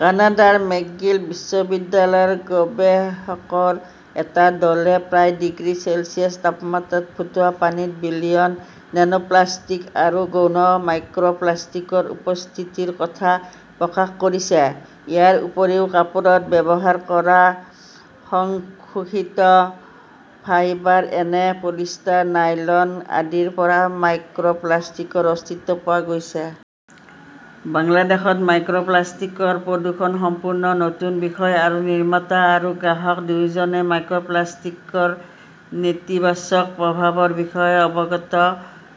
কানাডাৰ মেকগিল বিশ্ববিদ্যালয়ৰ গৱেষকৰ এটা দলে প্ৰায় ডিগ্ৰী চেলছিয়াছ তাপমাত্ৰাত ফুটোৱা পানীত বিলিয়ন নেনোপ্লাস্টিক আৰু গৌণ মাইক্ৰ 'প্লাষ্টিকৰ উপস্থিতিৰ কথা প্ৰকাশ কৰিছে। ইয়াৰ উপৰিও কাপোৰত ব্যৱহাৰ কৰা সংশ্লেষিত ফাইবাৰ যেনে পলিষ্টাৰ, নাইলন আদিৰ পৰাও মাইক্ৰ 'প্লাষ্টিকৰ অস্তিত্ব পোৱা গৈছে। বাংলাদেশত মাইক্ৰ 'প্লাষ্টিকৰ প্ৰদূষণ সম্পূৰ্ণ নতুন বিষয় আৰু নিৰ্মাতা আৰু গ্ৰাহক দুয়োজনেই মাইক্ৰ' প্লাষ্টিকৰ নেতিবাচক প্ৰভাৱৰ বিষয়ে অৱগত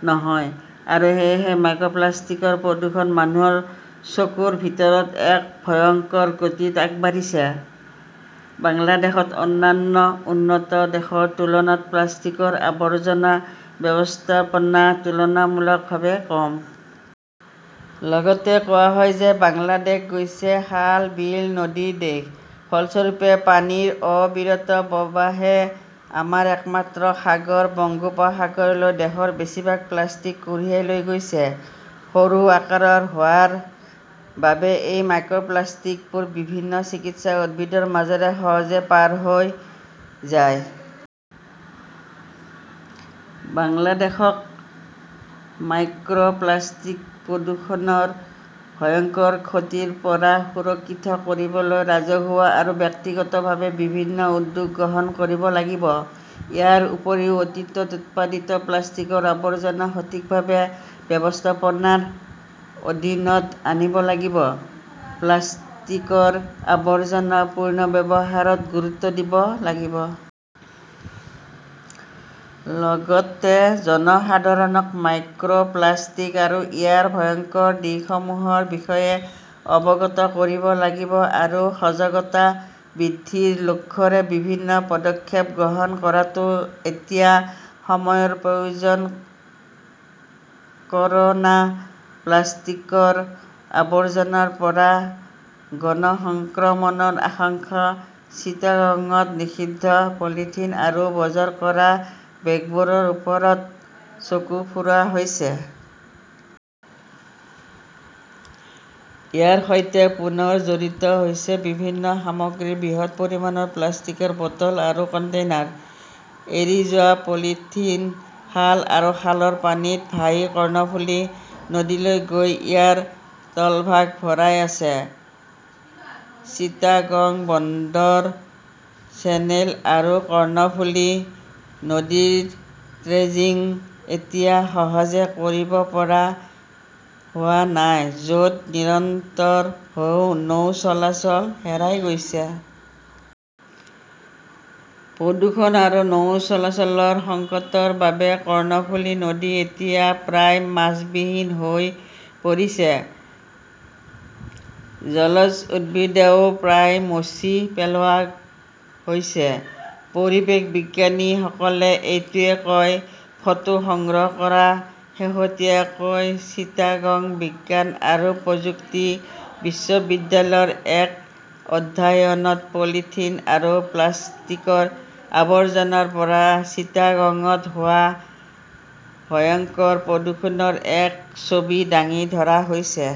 নহয়। আৰু সেয়েহে মাইক্ৰ'প্লাষ্টিকৰ প্ৰদূষণ মানুহৰ চকুৰ ভিতৰত এক ভয়ংকৰ গতিত আগবাঢ়িছে। বাংলাদেশত অন্যান্য উন্নত দেশৰ তুলনাত প্লাষ্টিকৰ আৱৰ্জনা ব্যৱস্থাপনা তুলনামূলকভাৱে কম। লগতে কোৱা হয় যে বাংলাদেশ হৈছে খালবিল নদীৰ দেশ। ফলস্বৰূপে, পানীৰ অবিৰত প্ৰৱাহে আমাৰ একমাত্ৰ সাগৰ বংগোপসাগৰলৈ দেশৰ বেছিভাগ প্লাষ্টিক কঢ়িয়াই লৈ গৈছে। সৰু আকাৰৰ হোৱাৰ বাবে এই মাইক্ৰ 'প্লাষ্টিকবোৰ বিভিন্ন চিকিৎসা উদ্ভিদৰ মাজেৰে সহজে পাৰ হৈ যায়। বাংলাদেশক মাইক্ৰ 'প্লাষ্টিক প্ৰদূষণৰ ভয়ংকৰ ক্ষতিৰ পৰা সুৰক্ষিত কৰিবলৈ ৰাজহুৱা আৰু ব্যক্তিগতভাৱে বিভিন্ন উদ্যোগ গ্ৰহণ কৰিব লাগিব। ইয়াৰ উপৰিও অতীতত উৎপাদিত প্লাষ্টিকৰ আৱৰ্জনা সঠিকভাৱে ব্যৱস্থাপনাৰ অধীনত আনিব লাগিব। প্লাষ্টিকৰ আৱৰ্জনা পুনৰ্ব্যৱহাৰত গুৰুত্ব দিব লাগিব। লগতে জনসাধাৰণক মাইক্ৰ 'প্লাষ্টিক আৰু ইয়াৰ ভয়ংকৰ দিশসমূহৰ বিষয়ে অৱগত কৰিব লাগিব আৰু সজাগতা বৃদ্ধিৰ লক্ষ্যৰে বিভিন্ন পদক্ষেপ গ্ৰহণ কৰাটো এতিয়া সময়ৰ প্ৰয়োজন। ক'ৰোনা প্লাষ্টিকৰ আৱৰ্জনাৰ পৰা গণ সংক্ৰমণৰ আশংকা চিটাগঙত নিষিদ্ধ পলিথিন আৰু বজাৰ কৰা বেগবোৰৰ ওপৰত চকু ফুৰোৱা হৈছে। ইয়াৰ সৈতে পুনৰ জড়িত হৈছে বিভিন্ন সামগ্ৰীৰ বৃহৎ পৰিমাণৰ প্লাষ্টিকৰ বটল আৰু কণ্টেইনাৰ। এৰি যোৱা পলিথিন খাল আৰু খালৰ পানীত ভাহি কৰ্ণফুলি নদীলৈ গৈ ইয়াৰ তলভাগ ভৰাই আছে। চিটাগং বন্দৰ চেনেল আৰু কৰ্ণফুলি নদীৰ ড্ৰেজিং এতিয়া সহজে কৰিব পৰা হোৱা নাই, য 'ত নিৰন্তৰ নৌ চলাচল হেৰাই গৈছে। প্ৰদূষণ আৰু নৌ চলাচলৰ সংকটৰ বাবে কৰ্ণফুলি নদী এতিয়া প্ৰায় মাছবিহীন হৈ পৰিছে। জলজ উদ্ভিদও প্ৰায় মচি পেলোৱা হৈছে। পৰিৱেশ বিজ্ঞানীসকলে এইটোৱেই কয়। ফটো সংগ্ৰহ কৰা শেহতীয়াকৈ চিটাগং বিজ্ঞান আৰু প্ৰযুক্তি বিশ্ববিদ্যালয়ৰ এক অধ্যয়নত পলিথিন আৰু প্লাষ্টিকৰ আৱৰ্জনাৰ পৰা চিটাগঙত হোৱা ভয়ংকৰ প্ৰদূষণৰ এক ছবি দাঙি ধৰা হৈছে।